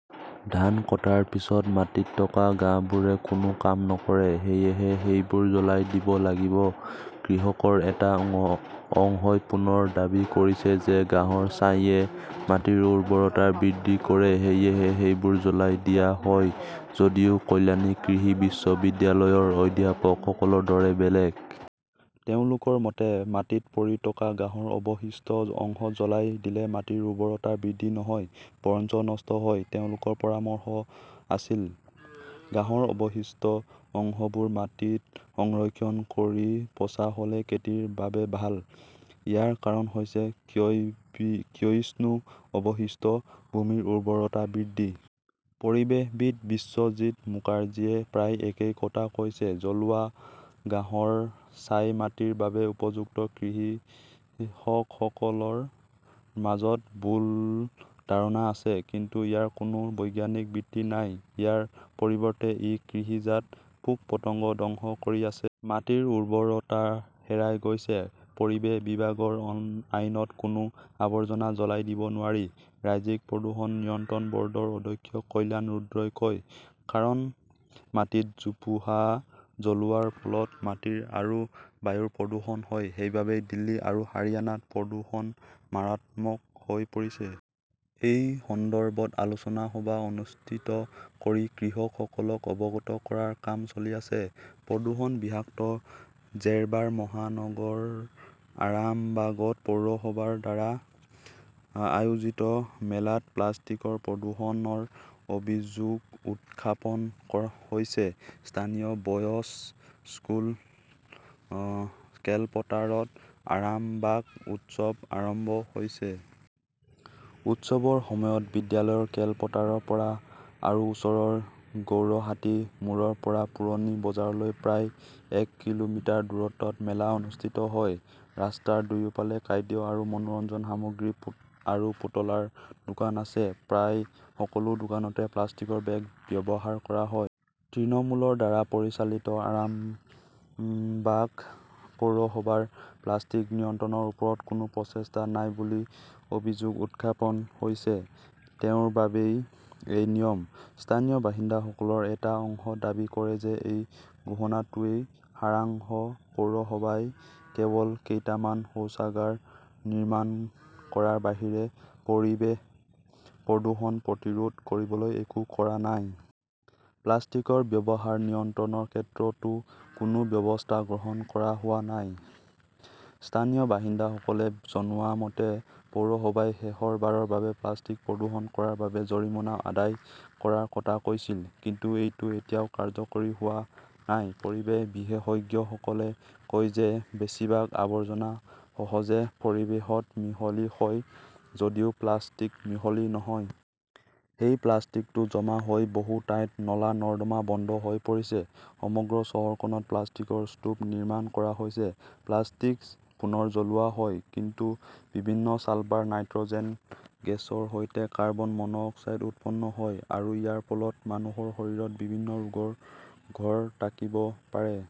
ধান কটাৰ পিছত মাটিত থকা ঘাঁহবোৰে কোনো কাম নকৰে। সেয়েহে সেইবোৰ জ্বলাই দিব লাগিব। কৃষকৰ এটা অংশই পুনৰ দাবী কৰিছে যে ঘাঁহৰ ছাইয়ে মাটিৰ উৰ্বৰতা বৃদ্ধি কৰে। সেয়েহে সেইবোৰ জ্বলাই দিয়া হয়। যদিও কল্যাণী কৃষি বিশ্ববিদ্যালয়ৰ অধ্যাপকসকলৰ দৰে বেলেগ। তেওঁলোকৰ মতে, মাটিত পৰি থকা ঘাঁহৰ অৱশিষ্ট অংশ জ্বলাই দিলে মাটিৰ উৰ্বৰতা বৃদ্ধি নহয়, বৰঞ্চ নষ্ট হয়। তেওঁলোকৰ পৰামৰ্শ আছিল, ঘাঁহৰ অৱশিষ্ট অংশবোৰ মাটিত সংৰক্ষণ কৰি পচা হ'লে খেতিৰ বাবে ভাল। ইয়াৰ কাৰণ হৈছে ক্ষয়ি বি ক্ষয়িষ্ণু অৱশিষ্ট ভূমিৰ উৰ্বৰতা বৃদ্ধি। 'পৰিৱেশবিদ বিশ্বজিত মুখাৰ্জীয়ে প্ৰায় একেই কথা কৈছে। 'জ্বলোৱা ঘাঁহৰ ছাই মাটিৰ বাবে উপযুক্ত বুলি কৃষকসকলৰ মাজত ভুল ধাৰণা আছে। কিন্তু ইয়াৰ কোনো বৈজ্ঞানিক ভিত্তি নাই। ইয়াৰ পৰিৱৰ্তে, ই কৃষিজাত পোক-পতংগ ধ্বংস কৰি আছে। মাটিৰ উৰ্বৰতা হেৰাই গৈছে। 'পৰিৱেশ বিভাগৰ আইনত কোনো আৱৰ্জনা জ্বলাই দিব নোৱাৰি', ৰাজ্যিক প্ৰদূষণ নিয়ন্ত্ৰণ ব'ৰ্ডৰ অধ্যক্ষ কল্যাণ ৰুদ্ৰই কয়। কাৰণ মাটিত জোপোহা জ্বলোৱাৰ ফলত মাটি আৰু বায়ু প্ৰদূষণ হয়। সেইবাবেই দিল্লী আৰু হাৰিয়ানাত প্ৰদূষণ মাৰাত্মক হৈ পৰিছে। এই সন্দৰ্ভত আলোচনা সভা অনুষ্ঠিত কৰি কৃষকসকলক অৱগত কৰাৰ কাম চলি আছে। প্ৰদূষণ-বিষাক্ত জেৰবাৰ মহানগৰ আৰামবাগত পৌৰসভাৰ দ্বাৰা আয়োজিত মেলাত প্লাষ্টিকৰ প্ৰদূষণৰ অভিযোগ উত্থাপন হৈছে। স্থানীয় বয়ছ স্কুল খেলপথাৰত আৰামবাগ উৎসৱ আৰম্ভ হৈছে। উৎসৱৰ সময়ত বিদ্যালয়ৰ খেলপথাৰৰ পৰা আৰু ওচৰৰ গৌৰহাটি মোড়ৰ পৰা পুৰণি বজাৰলৈ প্ৰায় এক কিলোমিটাৰ দূৰত্বত মেলা অনুষ্ঠিত হয়। ৰাস্তাৰ দুয়োফালে খাদ্য আৰু মনোৰঞ্জন সামগ্ৰী আৰু পুতলাৰ দোকান আছে। প্ৰায় সকলো দোকানতে প্লাষ্টিকৰ বেগ ব্যৱহাৰ কৰা হয়। তৃণমূলৰ দ্বাৰা পৰিচালিত আৰামবাগ পৌৰসভাৰ প্লাষ্টিক নিয়ন্ত্ৰণৰ ওপৰত কোনো প্ৰচেষ্টা নাই বুলি অভিযোগ উত্থাপন হৈছে। তেওঁৰ বাবেই এই নিয়ম। স্থানীয় বাসিন্দাসকলৰ এটা অংশই দাবী কৰে যে এই ঘোষণাটোৱেই সাৰাংশ। পৌৰসভাই কেৱল কেইটামান শৌচাগাৰ নিৰ্মাণ কৰাৰ বাহিৰে পৰিৱেশ প্ৰদূষণ প্ৰতিৰোধ কৰিবলৈ একো কৰা নাই। প্লাষ্টিকৰ ব্যৱহাৰ নিয়ন্ত্ৰণৰ ক্ষেত্ৰতো কোনো ব্যৱস্থা গ্ৰহণ কৰা হোৱা নাই। স্থানীয় বাসিন্দাসকলে জনোৱা মতে, পৌৰসভাই শেষবাৰৰ বাবে প্লাষ্টিক প্ৰদূষণ কৰাৰ বাবে জৰিমনা আদায় কৰাৰ কথা কৈছিল। কিন্তু এইটো এতিয়াও কাৰ্যকৰী হোৱা নাই। পৰিৱেশ বিশেষজ্ঞসকলে কয় যে বেছিভাগ আৱৰ্জনা সহজে পৰিৱেশত মিহলি হয় যদিও প্লাষ্টিক মিহলি নহয়। সেই প্লাষ্টিকটো জমা হৈ বহু ঠাইত নলা-নৰ্দমা বন্ধ হৈ পৰিছে। সমগ্ৰ চহৰখনত প্লাষ্টিকৰ স্তূপ নিৰ্মাণ কৰা হৈছে। প্লাষ্টিক্স পুনৰ জ্বলোৱা হয়, কিন্তু বিভিন্ন ছালফাৰ, নাইট্ৰ'জেন গেছৰ সৈতে কাৰ্বন মন অক্সাইড উৎপন্ন হয়। ইয়াৰ ফলত মানুহৰ শৰীৰত বিভিন্ন ৰোগৰ ঘৰ থাকিব পাৰে।